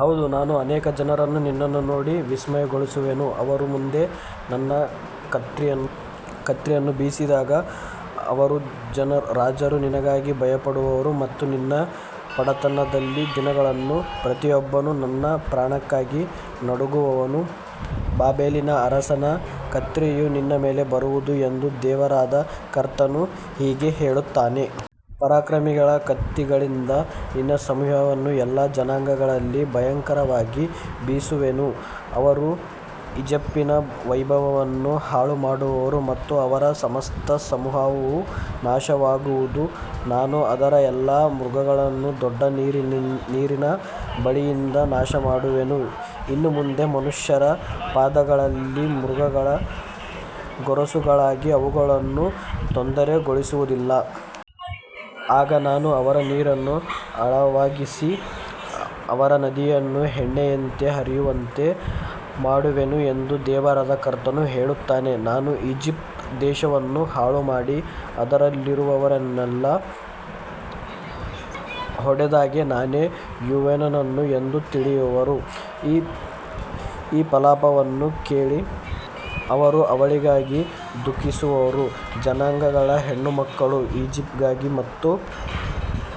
ಹೌದು, ನಾನು ಅನೇಕ ಜನರನ್ನು ನಿನ್ನನ್ನು ನೋಡಿ ವಿಸ್ಮಯಗೊಳಿಸುವೆನು. ಅವರ ಮುಂದೆ ನನ್ನ ಕತ್ತಿಯನ್ನು ಬೀಸಿದಾಗ ಅವರ ರಾಜರು ನಿನಗಾಗಿ ಭಯಪಡುವರು ಮತ್ತು ನಿನ್ನ ಪತನದ ದಿನದಲ್ಲಿ ಪ್ರತಿಯೊಬ್ಬನು ತನ್ನ ಪ್ರಾಣಕ್ಕಾಗಿ ನಡುಗುವನು. ಬಾಬೆಲಿನ ಅರಸನ ಕತ್ತಿಯು ನಿನ್ನ ಮೇಲೆ ಬರುವುದು ಎಂದು ದೇವರಾದ ಕರ್ತನು ಹೀಗೆ ಹೇಳುತ್ತಾನೆ. ಪರಾಕ್ರಮಿಗಳ ಕತ್ತಿಗಳಿಂದ ನಿನ್ನ ಸಮೂಹವನ್ನು ಎಲ್ಲಾ ಜನಾಂಗಗಳಲ್ಲಿ ಭಯಂಕರವಾಗಿ ಬೀಳಿಸುವೆನು. ಅವರು ಈಜಿಪ್ಟಿನ ವೈಭವವನ್ನು ಹಾಳುಮಾಡುವರು ಮತ್ತು ಅದರ ಸಮಸ್ತ ಸಮೂಹವು ನಾಶವಾಗುವುದು. ನಾನು ಅದರ ಎಲ್ಲಾ ಮೃಗಗಳನ್ನು ದೊಡ್ಡ ನೀರಿನ ಬಳಿಯಿಂದ ನಾಶಮಾಡುವೆನು, ಇನ್ನು ಮುಂದೆ ಮನುಷ್ಯರ ಪಾದಗಳಾಗಲಿ ಮೃಗಗಳ ಗೊರಸುಗಳಾಗಲಿ ಅವುಗಳನ್ನು ತೊಂದರೆಗೊಳಿಸುವುದಿಲ್ಲ. ಆಗ ನಾನು ಅವರ ನೀರನ್ನು ಆಳವಾಗಿಸಿ ಅವರ ನದಿಗಳನ್ನು ಎಣ್ಣೆಯಂತೆ ಹರಿಯುವಂತೆ ಮಾಡುವೆನು ಎಂದು ದೇವರಾದ ಕರ್ತನು ಹೇಳುತ್ತಾನೆ. ನಾನು ಈಜಿಪ್ಟ್ ದೇಶವನ್ನು ಹಾಳುಮಾಡಿ, ಅದರಲ್ಲಿರುವವರೆಲ್ಲರನ್ನು ಹೊಡೆದಾಗ, ನಾನೇ ಯೆಹೋವನು ಎಂದು ತಿಳಿಯುವರು. ಈ ಪ್ರಲಾಪವನ್ನು ಕೇಳಿ ಅವರು ಅವಳಿಗಾಗಿ ದುಃಖಿಸುವರು. ಜನಾಂಗಗಳ ಹೆಣ್ಣುಮಕ್ಕಳು ಈಜಿಪ್ಟಿಗಾಗಿ ಮತ್ತು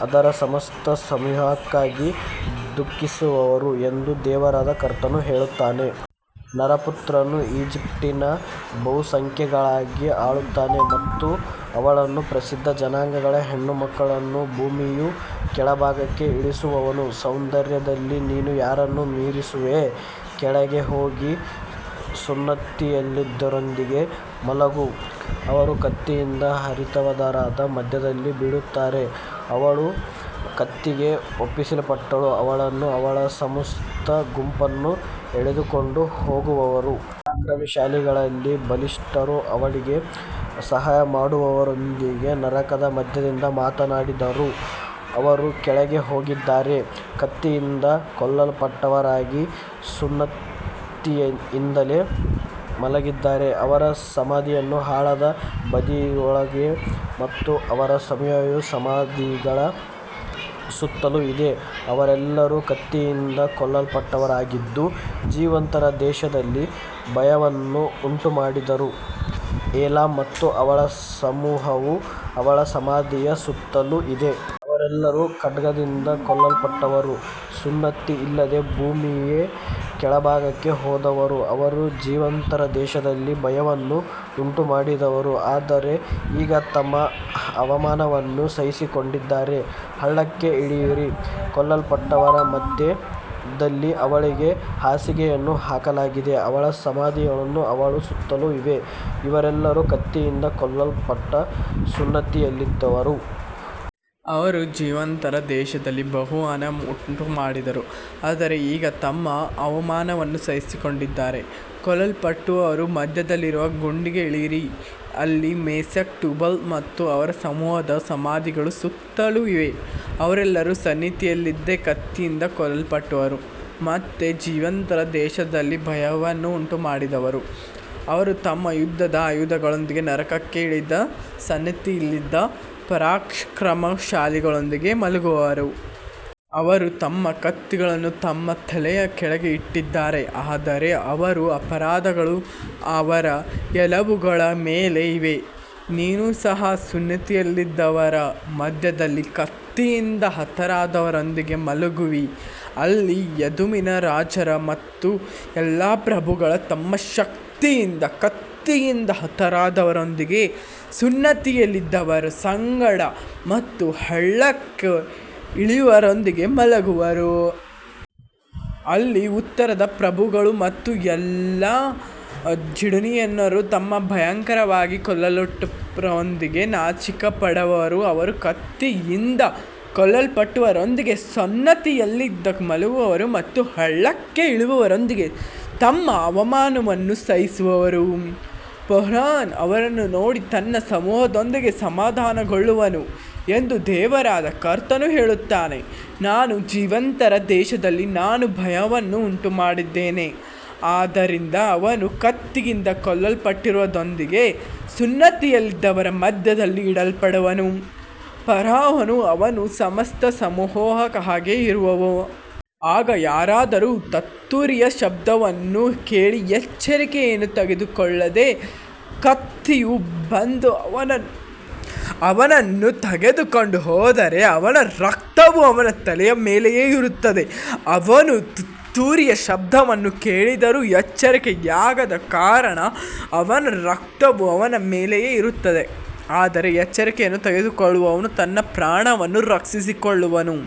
ಅದರ ಸಮಸ್ತ ಸಮೂಹಕ್ಕಾಗಿ ದುಃಖಿಸುವರು ಎಂದು ದೇವರಾದ ಕರ್ತನು ಹೇಳುತ್ತಾನೆ. ನರಪುತ್ರನು ಈಜಿಪ್ಟಿನ ಬಹುಸಂಖ್ಯೆಗಾಗಿ ಅಳುತ್ತಾನೆ ಮತ್ತು ಅವಳನ್ನೂ ಪ್ರಸಿದ್ಧ ಜನಾಂಗಗಳ ಹೆಣ್ಣುಮಕ್ಕಳನ್ನೂ ಭೂಮಿಯ ಕೆಳಭಾಗಕ್ಕೆ ಇಳಿಸುವನು. ಸೌಂದರ್ಯದಲ್ಲಿ ನೀನು ಯಾರನ್ನು ಮೀರಿಸುವಿಯೋ, ಕೆಳಗೆ ಹೋಗಿ ಸುನ್ನತಿಯಿಲ್ಲದವರೊಂದಿಗೆ ಮಲಗು. ಅವರು ಕತ್ತಿಯಿಂದ ಹತರಾದವರ ಮಧ್ಯದಲ್ಲಿ ಬೀಳುವರು. ಅವಳು ಕತ್ತಿಗೆ ಒಪ್ಪಿಸಲ್ಪಟ್ಟಳು, ಅವಳನ್ನೂ ಅವಳ ಸಮಸ್ತ ಗುಂಪನ್ನೂ ಎಳೆದುಕೊಂಡು ಹೋಗುವರು. ಪರಾಕ್ರಮಶಾಲಿಗಳಲ್ಲಿ ಬಲಿಷ್ಠರು ಅವನಿಗೆ ಸಹಾಯ ಮಾಡುವವರೊಂದಿಗೆ ನರಕದ ಮಧ್ಯದಿಂದ ಮಾತನಾಡುವರು. ಅವರು ಕೆಳಗೆ ಹೋಗಿದ್ದಾರೆ, ಕತ್ತಿಯಿಂದ ಕೊಲ್ಲಲ್ಪಟ್ಟವರಾಗಿ ಸುನ್ನತಿಯಿಲ್ಲದೆ ಮಲಗಿದ್ದಾರೆ. ಅವರ ಸಮಾಧಿಗಳು ಹಳ್ಳದ ಬದಿಗಳಲ್ಲಿವೆ ಮತ್ತು ಅವರ ಸಮೂಹವು ಸಮಾಧಿಗಳ ಸುತ್ತಲೂ ಇದೆ. ಅವರೆಲ್ಲರೂ ಕತ್ತಿಯಿಂದ ಕೊಲ್ಲಲ್ಪಟ್ಟವರಾಗಿದ್ದು, ಜೀವಂತರ ದೇಶದಲ್ಲಿ ಭಯವನ್ನು ಉಂಟುಮಾಡಿದರು. ಏಲಾಮ್ ಮತ್ತು ಅವಳ ಸಮೂಹವು ಅವಳ ಸಮಾಧಿಯ ಸುತ್ತಲೂ ಇದೆ. ಅವರೆಲ್ಲರೂ ಖಡ್ಗದಿಂದ ಕೊಲ್ಲಲ್ಪಟ್ಟವರು, ಸುನ್ನತಿಯಿಲ್ಲದೆ ಭೂಮಿಯ ಕೆಳಭಾಗಕ್ಕೆ ಹೋದವರು. ಅವರು ಜೀವಂತರ ದೇಶದಲ್ಲಿ ಭಯವನ್ನು ಉಂಟುಮಾಡಿದರು, ಆದರೆ ಈಗ ತಮ್ಮ ಅವಮಾನವನ್ನು ಸಹಿಸಿಕೊಂಡಿದ್ದಾರೆ. ಹಳ್ಳಕ್ಕೆ ಇಳಿಯಿರಿ, ಕೊಲ್ಲಲ್ಪಟ್ಟವರ ಮಧ್ಯದಲ್ಲಿ ಅವಳಿಗೆ ಹಾಸಿಗೆಯನ್ನು ಹಾಕಲಾಗಿದೆ. ಅವಳ ಸಮಾಧಿಗಳು ಅವಳ ಸುತ್ತಲೂ ಇವೆ, ಅವರೆಲ್ಲರೂ ಕತ್ತಿಯಿಂದ ಕೊಲ್ಲಲ್ಪಟ್ಟ ಸುನ್ನತಿಯಿಲ್ಲದವರು. ಅವರು ಜೀವಂತರ ದೇಶದಲ್ಲಿ ಭಯವನ್ನು ಉಂಟುಮಾಡಿದರು, ಆದರೆ ಈಗ ತಮ್ಮ ಅವಮಾನವನ್ನು ಸಹಿಸಿಕೊಂಡಿದ್ದಾರೆ. ಕೊಲ್ಲಲ್ಪಟ್ಟವರ ಮಧ್ಯದಲ್ಲಿರುವ ಗುಂಡಿಗೆ ಇಳಿಯಿರಿ. ಅಲ್ಲಿ ಮೆಷೆಕ್, ಟೂಬಲ್ ಮತ್ತು ಅವರ ಸಮೂಹದ ಸಮಾಧಿಗಳು ಸುತ್ತಲೂ ಇವೆ. ಅವರೆಲ್ಲರೂ ಸುನ್ನತಿಯಿಲ್ಲದೆ ಕತ್ತಿಯಿಂದ ಕೊಲ್ಲಲ್ಪಟ್ಟವರು ಮತ್ತು ಜೀವಂತರ ದೇಶದಲ್ಲಿ ಭಯವನ್ನು ಉಂಟುಮಾಡಿದವರು. ಅವರು ತಮ್ಮ ಯುದ್ಧದ ಆಯುಧಗಳೊಂದಿಗೆ ನರಕಕ್ಕೆ ಇಳಿದ ಸುನ್ನತಿಯಿಲ್ಲದ ಪರಾಕ್ರಮಶಾಲಿಗಳೊಂದಿಗೆ ಮಲಗುವರು. ಅವರು ತಮ್ಮ ಕತ್ತಿಗಳನ್ನು ತಮ್ಮ ತಲೆಯ ಕೆಳಗೆ ಇಟ್ಟಿದ್ದಾರೆ, ಆದರೆ ಅವರ ಅಪರಾಧಗಳು ಅವರ ಎಲುಬುಗಳ ಮೇಲೆ ಇವೆ. ನೀನು ಸಹ ಸುನ್ನತಿಯಿಲ್ಲದವರ ಮಧ್ಯದಲ್ಲಿ ಕತ್ತಿಯಿಂದ ಹತರಾದವರೊಂದಿಗೆ ಮಲಗುವಿ. ಅಲ್ಲಿ ಎದೋಮಿನ ರಾಜರು ಮತ್ತು ಎಲ್ಲಾ ಪ್ರಭುಗಳು ತಮ್ಮ ಶಕ್ತಿಯಿಂದ ಕತ್ತಿಯಿಂದ ಹತರಾದವರೊಂದಿಗೆ ಸುನ್ನತಿಯಿಲ್ಲದವರ ಸಂಗಡ ಮತ್ತು ಹಳ್ಳಕ್ಕೆ ಇಳಿಯುವವರೊಂದಿಗೆ ಮಲಗುವರು. ಅಲ್ಲಿ ಉತ್ತರದ ಪ್ರಭುಗಳು ಮತ್ತು ಎಲ್ಲಾ ಝೀಡೋನಿಯನ್ನರು ತಮ್ಮ ಭಯಂಕರವಾಗಿ ಕೊಲ್ಲಲ್ಪಟ್ಟವರೊಂದಿಗೆ ನಾಚಿಕೆಪಡುವರು. ಅವರು ಕತ್ತಿಯಿಂದ ಕೊಲ್ಲಲ್ಪಟ್ಟವರೊಂದಿಗೆ ಸುನ್ನತಿಯಿಲ್ಲದೆ ಮಲಗುವರು ಮತ್ತು ಹಳ್ಳಕ್ಕೆ ಇಳಿಯುವವರೊಂದಿಗೆ ತಮ್ಮ ಅವಮಾನವನ್ನು ಸಹಿಸುವರು. ಫರೋಹನು ಅವರನ್ನು ನೋಡಿ ತನ್ನ ಸಮೂಹದೊಂದಿಗೆ ಸಮಾಧಾನಗೊಳ್ಳುವನು ಎಂದು ದೇವರಾದ ಕರ್ತನು ಹೇಳುತ್ತಾನೆ. ನಾನು ಜೀವಂತರ ದೇಶದಲ್ಲಿ ನನ್ನ ಭಯವನ್ನು ಉಂಟುಮಾಡಿದ್ದೇನೆ, ಆದ್ದರಿಂದ ಅವನು ಕತ್ತಿಯಿಂದ ಕೊಲ್ಲಲ್ಪಟ್ಟವರೊಂದಿಗೆ ಸುನ್ನತಿಯಿಲ್ಲದವರ ಮಧ್ಯದಲ್ಲಿ ಇಡಲ್ಪಡುವನು, ಫರೋಹನೂ ಅವನ ಸಮಸ್ತ ಸಮೂಹವೂ ಹಾಗೆಯೇ ಇರುವವು. ಆಗ ಯಾರಾದರೂ ತುತ್ತೂರಿಯ ಶಬ್ದವನ್ನು ಕೇಳಿ ಎಚ್ಚರಿಕೆಯನ್ನು ತೆಗೆದುಕೊಳ್ಳದೆ ಕತ್ತಿಯು ಬಂದು ಅವನನ್ನು ತೆಗೆದುಕೊಂಡು ಹೋದರೆ, ಅವನ ರಕ್ತವು ಅವನ ತಲೆಯ ಮೇಲೆಯೇ ಇರುತ್ತದೆ. ಅವನು ತುತ್ತೂರಿಯ ಶಬ್ದವನ್ನು ಕೇಳಿದರೂ ಎಚ್ಚರಿಕೆಯಾಗದ ಕಾರಣ ಅವನ ರಕ್ತವು ಅವನ ಮೇಲೆಯೇ ಇರುತ್ತದೆ, ಆದರೆ ಎಚ್ಚರಿಕೆಯನ್ನು ತೆಗೆದುಕೊಳ್ಳುವವನು ತನ್ನ ಪ್ರಾಣವನ್ನು ರಕ್ಷಿಸಿಕೊಳ್ಳುವನು.